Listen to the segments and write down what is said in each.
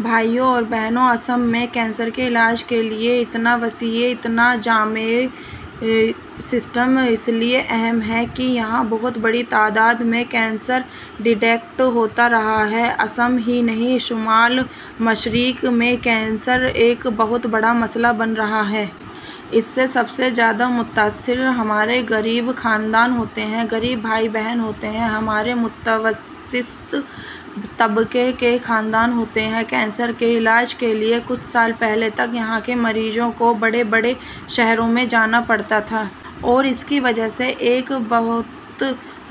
بھائیو اور بہنو، آسام میں کینسر کے علاج کے لیے اتنا وسیع، اتنا جامع سسٹم اس لیے اہم ہے کہ یہاں بہت بڑی تعداد میں کینسر ڈیٹیکٹ ہوتا رہا ہے۔ آسام ہی نہیں، شمال مشرق میں کینسر ایک بہت بڑا مسئلہ بن رہا ہے۔ اس سے سب سے زیادہ متاثر ہمارے غریب خاندان ہوتے ہیں، غریب بھائی بہن ہوتے ہیں، ہمارے متوسط طبقے کے خاندان ہوتے ہیں۔ کینسر کے علاج کے لیے کچھ سال پہلے تک یہاں کے مریضوں کو بڑے بڑے شہروں میں جانا پڑتا تھا۔ اور اس کی وجہ سے ایک بہت...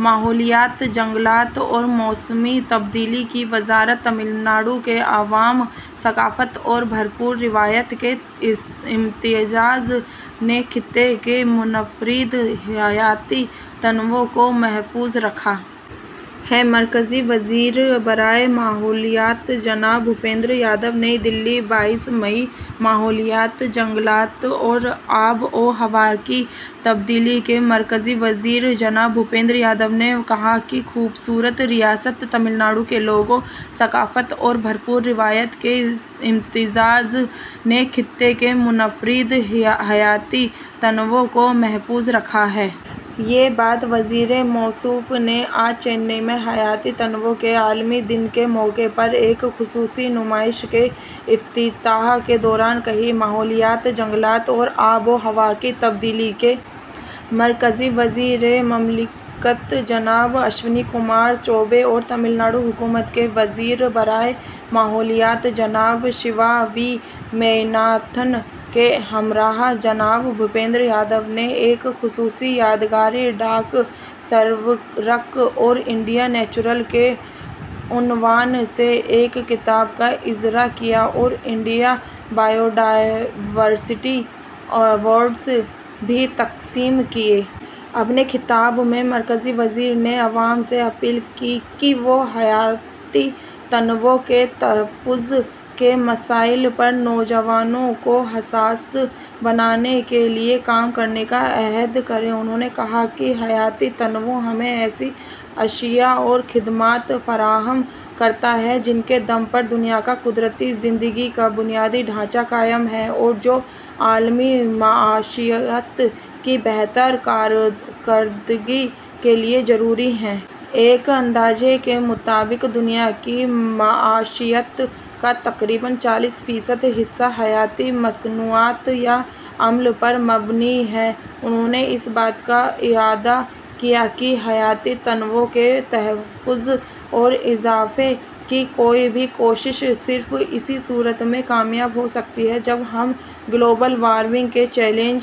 ماحولیات، جنگلات اور موسمیاتی تبدیلی کی وزارت تمل ناڈو کے عوام، ثقافت اور بھرپور روایت کے امتزاج نے خطے کے منفرد حیاتیاتی تنوع کو محفوظ رکھا ہے: مرکزی وزیر برائے ماحولیات جناب بھوپندر یادو نئی دہلی، بائیس مئی: ماحولیات، جنگلات اور آب و ہوا کی تبدیلی کے مرکزی وزیر جناب بھوپندر یادو نے کہا کہ "خوبصورت ریاست تمل ناڈو کے لوگوں، ثقافت اور بھرپور روایت کے امتزاج نے خطے کے منفرد حیاتیاتی تنوع کو محفوظ رکھا ہے۔" یہ بات وزیر موصوف نے آج چنئی میں حیاتیاتی تنوع کے عالمی دن کے موقع پر ایک خصوصی نمائش کے افتتاح کے دوران کہی۔ ماحولیات، جنگلات اور آب و ہوا کی تبدیلی کے مرکزی وزیر مملکت جناب اشونی کمار چوبے اور تمل ناڈو حکومت کے وزیر برائے ماحولیات جناب سیوا وی میاناتھن کے ہمراہ جناب بھوپندر یادو نے ایک خصوصی یادگاری ڈاک سرورق اور ''انڈیا نیچرل'' کے عنوان سے ایک کتاب کا اجرا کیا اور انڈیا بائیو ڈائورسٹی ایوارڈز بھی تقسیم کیے۔ اپنے خطاب میں مرکزی وزیر نے عوام سے اپیل کی کہ وہ حیاتیاتی تنوع کے تحفظ کے مسائل پر نوجوانوں کو حساس بنانے کے لیے کام کرنے کا عہد کریں۔ انھوں نے کہا کہ حیاتیاتی تنوع ہمیں ایسی اشیا اور خدمات فراہم کرتا ہے، جن کے دم پر دنیا کا قدرتی زندگی کا بنیادی ڈھانچا قائم ہے اور جو عالمی معیشت کی بہتر کارکردگی کے لیے ضروری ہیں۔ ایک اندازے کے مطابق دنیا کی معیشت کا تقریباً چالیس فیصد حصہ حیاتیاتی مصنوعات یا عمل پر مبنی ہے۔ انھوں نے اس بات کا اعادہ کیا کہ حیاتیاتی تنوع کے تحفظ اور اضافے کی کوئی بھی کوشش صرف اسی صورت میں کامیاب ہو سکتی ہے جب ہم گلوبل وارمنگ کے چیلنج...